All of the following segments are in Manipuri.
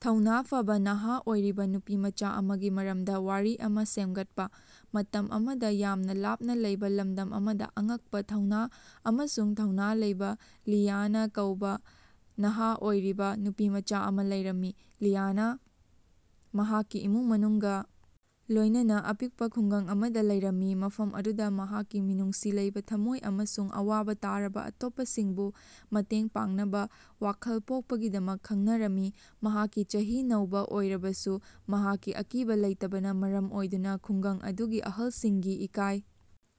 ꯊꯧꯅ ꯐꯕꯥ ꯅꯍꯥ ꯑꯣꯏꯔꯤꯕ ꯅꯨꯄꯤꯃꯆꯥ ꯑꯃꯒꯤ ꯃꯔꯝꯗ ꯋꯥꯔꯤ ꯑꯃ ꯁꯦꯝꯒꯠꯄ꯫ ꯃꯇꯝ ꯑꯃꯗ ꯌꯥꯝꯅ ꯂꯥꯞꯅ ꯂꯩꯕ ꯂꯝꯗꯝ ꯑꯃꯗ ꯑꯉꯛꯄ ꯊꯧꯅ ꯑꯃꯁꯨꯡ ꯊꯧꯅ ꯂꯩꯕ ꯂꯤꯌꯥꯅ ꯀꯧꯕ ꯅꯍꯥ ꯑꯣꯏꯔꯤꯕ ꯅꯨꯄꯤꯃꯆꯥ ꯑꯃ ꯂꯩꯔꯝꯃꯤ꯫ ꯂꯤꯌꯥꯅ ꯃꯍꯥꯛꯀꯤ ꯏꯃꯨꯡ ꯃꯅꯨꯡꯒ ꯂꯣꯏꯅꯅ ꯑꯄꯤꯛꯄ ꯈꯨꯡꯒꯪ ꯑꯃꯗ ꯂꯩꯔꯝꯃꯤ ꯃꯐꯝ ꯑꯗꯨꯗ ꯃꯍꯥꯛꯀꯤ ꯃꯤꯅꯨꯡꯁꯤ ꯂꯩꯕ ꯊꯝꯃꯣꯏ ꯑꯃꯁꯨꯡ ꯑꯋꯥꯕ ꯇꯥꯔꯕ ꯑꯇꯣꯞꯄꯁꯤꯡꯕꯨ ꯃꯇꯦꯡ ꯄꯥꯡꯅꯕ ꯋꯥꯈꯜ ꯄꯣꯛꯄꯒꯤꯗꯃꯛ ꯈꯪꯅꯔꯝꯃꯤ꯫ ꯃꯍꯥꯛꯀꯤ ꯆꯍꯤ ꯅꯧꯕ ꯑꯣꯏꯔꯕꯁꯨ ꯃꯍꯥꯛꯀꯤ ꯑꯀꯤꯕ ꯂꯩꯇꯕꯅ ꯃꯔꯝ ꯑꯣꯏꯗꯨꯅ ꯈꯨꯡꯒꯪ ꯑꯗꯨꯒꯤ ꯑꯍꯜꯁꯤꯡꯒꯤ ꯏꯀꯥꯏ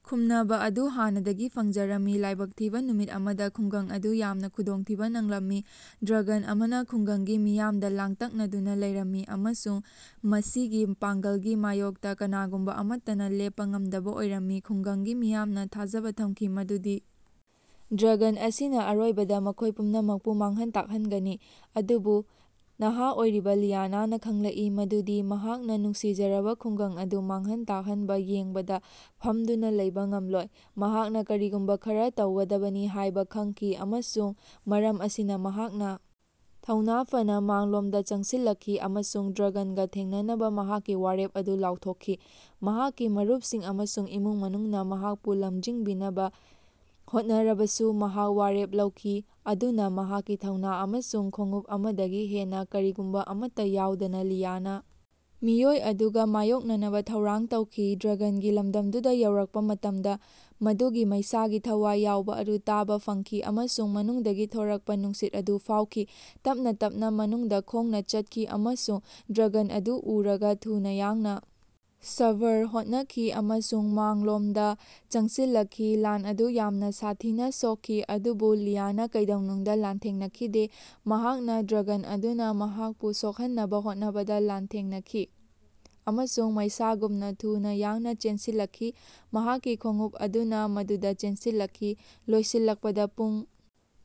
ꯈꯨꯝꯅꯕ ꯑꯗꯨ ꯍꯥꯟꯅꯗꯒꯤ ꯐꯪꯖꯔꯝꯃꯤ꯫ ꯂꯥꯏꯕꯛ ꯊꯤꯕ ꯅꯨꯃꯤꯠ ꯑꯃꯗ ꯈꯨꯡꯒꯪ ꯑꯗꯨ ꯌꯥꯝꯅ ꯈꯨꯗꯣꯡꯊꯤꯕ ꯅꯪꯂꯝꯃꯤ꯫ ꯗ꯭ꯔꯒꯟ ꯑꯃꯅ ꯈꯨꯡꯒꯪꯒꯤ ꯃꯤꯌꯥꯝꯗ ꯂꯥꯡꯇꯛꯅꯗꯨꯅ ꯂꯩꯔꯝꯃꯤ ꯑꯃꯁꯨꯡ ꯃꯁꯤꯒꯤ ꯄꯥꯡꯒꯜꯒꯤ ꯃꯥꯌꯣꯛꯇ ꯀꯅꯥꯒꯨꯝꯕ ꯑꯃꯠꯇꯅ ꯂꯦꯞꯄ ꯉꯝꯗꯕ ꯑꯣꯏꯔꯝꯃꯤ꯫ ꯈꯨꯡꯒꯪꯒꯤ ꯃꯤꯌꯥꯝꯅ ꯊꯥꯖꯕ ꯊꯝꯈꯤ ꯃꯗꯨꯗꯤ ꯗ꯭ꯔꯒꯟ ꯑꯁꯤꯅ ꯑꯔꯣꯏꯕꯗ ꯃꯈꯣꯏ ꯄꯨꯝꯅꯃꯛꯄꯨ ꯃꯥꯡꯍꯟ ꯇꯥꯛꯍꯟꯒꯅꯤ꯫ ꯑꯗꯨꯕꯨ ꯅꯍꯥ ꯑꯣꯏꯔꯤꯕ ꯂꯤꯌꯥꯅꯥꯅ ꯈꯪꯂꯛꯏ ꯃꯗꯨꯗꯤ ꯃꯍꯥꯛꯅ ꯅꯨꯡꯁꯤꯖꯔꯕ ꯈꯨꯡꯒꯪ ꯑꯗꯨ ꯃꯥꯡꯍꯟ ꯇꯥꯛꯍꯟꯕ ꯌꯦꯡꯕꯗ ꯐꯝꯗꯨꯅ ꯂꯩꯕ ꯉꯝꯂꯣꯏ꯫ ꯃꯍꯥꯛꯅ ꯀꯔꯤꯒꯨꯝꯕ ꯈꯔ ꯇꯧꯒꯗꯕꯅꯤ ꯍꯥꯏꯕ ꯈꯪꯈꯤ ꯑꯃꯁꯨꯡ ꯃꯔꯝ ꯑꯁꯤꯅ ꯃꯍꯥꯛꯅ ꯊꯧꯅ ꯐꯅꯥ ꯃꯥꯡꯂꯣꯝꯗ ꯆꯪꯁꯤꯜꯂꯛꯈꯤ ꯑꯃꯁꯨꯡ ꯗ꯭ꯔꯒꯟꯒ ꯊꯦꯡꯅꯅꯕ ꯃꯍꯥꯛꯀꯤ ꯋꯥꯔꯦꯞ ꯑꯗꯨ ꯂꯥꯎꯊꯣꯛꯈꯤ꯫ ꯃꯍꯥꯛꯀꯤ ꯃꯔꯨꯄꯁꯤꯡ ꯑꯃꯁꯨꯡ ꯏꯃꯨꯡ ꯃꯅꯨꯡꯅ ꯃꯍꯥꯛꯄꯨ ꯂꯝꯖꯤꯡꯕꯤꯅꯕ ꯍꯣꯠꯅꯔꯕꯁꯨ ꯃꯍꯥꯛ ꯋꯥꯔꯦꯞ ꯂꯧꯈꯤ꯫ ꯑꯗꯨꯅ ꯃꯍꯥꯛꯀꯤ ꯊꯧꯅ ꯑꯃꯁꯨꯡ ꯈꯣꯡꯎꯞ ꯑꯃꯗꯒꯤ ꯍꯦꯟꯅ ꯀꯔꯤꯒꯨꯝꯕ ꯑꯃꯠꯇ ꯌꯥꯎꯗꯅ ꯂꯤꯌꯥꯅ ꯃꯤꯑꯣꯏ ꯑꯗꯨꯒ ꯃꯥꯌꯣꯛꯅꯅꯕꯥ ꯊꯧꯔꯥꯡ ꯇꯧꯈꯤ꯫ ꯗ꯭ꯔꯒꯅꯒꯤ ꯂꯝꯗꯝꯗꯨꯗ ꯌꯧꯔꯛꯄ ꯃꯇꯝꯗ ꯃꯗꯨꯒꯤ ꯃꯩꯁꯥꯒꯤ ꯊꯋꯥꯏ ꯌꯥꯎꯕ ꯑꯗꯨ ꯇꯥꯕ ꯐꯪꯈꯤ ꯑꯃꯁꯨꯡ ꯃꯅꯨꯡꯗꯒꯤ ꯊꯣꯔꯛꯄ ꯅꯨꯡꯁꯤꯠ ꯑꯗꯨ ꯐꯥꯎꯈꯤ꯫ ꯇꯞꯅ ꯇꯞꯅ ꯃꯅꯨꯡꯗ ꯈꯣꯡꯅ ꯆꯠꯈꯤ ꯑꯃꯁꯨꯡ ꯗ꯭ꯔꯒꯟ ꯑꯗꯨ ꯎꯔꯒ ꯊꯨꯅ ꯌꯥꯡꯅ ꯁꯕꯔ ꯍꯣꯅꯈꯤ ꯑꯃꯁꯨꯡ ꯃꯥꯡꯂꯣꯊꯝꯗ ꯆꯪꯁꯤꯜꯂꯛꯈꯤ꯫ ꯂꯥꯟ ꯑꯗꯨ ꯌꯥꯝꯅ ꯁꯥꯊꯤꯅ ꯁꯣꯛꯈꯤ ꯑꯗꯨꯕꯨ ꯂꯤꯌꯥꯅ ꯀꯩꯗꯧꯅꯨꯡꯗ ꯂꯥꯟꯊꯦꯡꯅꯈꯤꯗꯦ꯫ ꯃꯍꯥꯛꯅꯥ ꯗ꯭ꯔꯒꯟ ꯑꯗꯨꯅ ꯃꯍꯥꯛꯄꯨ ꯁꯣꯛꯍꯟꯅꯕ ꯍꯣꯠꯅꯕꯗ ꯂꯥꯟꯊꯦꯡꯅꯈꯤ ꯑꯃꯁꯨꯡ ꯃꯩꯁꯥꯒꯨꯝꯅ ꯊꯨꯅ ꯌꯥꯡꯅ ꯆꯦꯟꯁꯤꯜꯂꯛꯈꯤ ꯃꯍꯥꯛꯀꯤ ꯈꯣꯡꯎꯞ ꯑꯗꯨꯅ ꯃꯗꯨꯗ ꯆꯦꯟꯁꯤꯜꯂꯛꯈꯤ꯫ ꯂꯣꯏꯁꯤꯜꯂꯛꯄꯗ ꯄꯨꯡ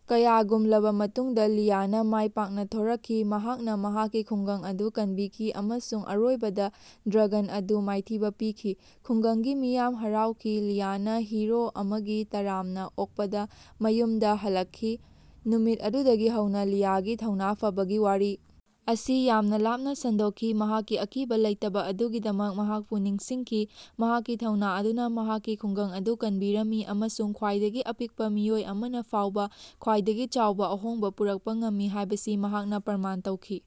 ꯀꯌꯥꯒꯨꯝꯂꯕ ꯃꯇꯨꯡꯗ ꯂꯤꯌꯥꯅ ꯃꯥꯏꯄꯥꯛꯅ ꯊꯣꯔꯛꯈꯤ꯫ ꯃꯍꯥꯛꯅ ꯃꯍꯥꯛꯀꯤ ꯈꯨꯡꯒꯪ ꯑꯗꯨ ꯀꯟꯕꯤꯈꯤ ꯑꯃꯁꯨꯡ ꯑꯔꯣꯏꯕꯗ ꯗ꯭ꯔꯒꯟ ꯑꯗꯨ ꯃꯥꯏꯊꯤꯕ ꯄꯤꯈꯤ꯫ ꯈꯨꯡꯒꯪꯒꯤ ꯃꯤꯌꯥꯝ ꯍꯔꯥꯎꯈꯤ ꯂꯤꯌꯥꯅ ꯍꯤꯔꯣ ꯑꯃꯒꯤ ꯇꯔꯥꯝꯅ ꯑꯣꯛꯄꯗ ꯃꯌꯨꯝꯗ ꯍꯜꯂꯛꯈꯤ꯫ ꯅꯨꯃꯤꯠ ꯑꯗꯨꯗꯒꯤ ꯍꯧꯅ ꯂꯤꯌꯥꯅꯥꯒꯤ ꯊꯧꯅ ꯐꯕꯒꯤ ꯋꯥꯔꯤ ꯑꯁꯤ ꯌꯥꯝꯅ ꯂꯥꯞꯅ ꯁꯟꯗꯣꯛꯈꯤ ꯃꯍꯥꯛꯀꯤ ꯑꯀꯤꯕꯥ ꯂꯩꯇꯕꯥ ꯑꯗꯨꯒꯤꯗꯃꯛ ꯃꯍꯥꯛꯄꯨ ꯅꯤꯡꯁꯤꯡꯈꯤ꯫ ꯃꯍꯥꯛꯀꯤ ꯊꯧꯅ ꯑꯗꯨꯅ ꯃꯍꯥꯛꯀꯤ ꯈꯨꯡꯒꯪ ꯑꯗꯨ ꯀꯟꯕꯤꯔꯝꯃꯤ ꯑꯃꯁꯨꯡ ꯈ꯭ꯋꯥꯏꯗꯒꯤ ꯑꯄꯤꯛꯄ ꯃꯤꯑꯣꯏ ꯑꯃꯅ ꯐꯥꯎꯕ ꯈ꯭ꯋꯥꯏꯗꯒꯤ ꯆꯥꯎꯕ ꯑꯍꯣꯡꯕ ꯄꯨꯔꯛꯄ ꯉꯝꯃꯤ ꯍꯥꯏꯕꯁꯤ ꯃꯍꯥꯛꯅ ꯄꯔꯃꯥꯟ ꯇꯧꯈꯤ꯫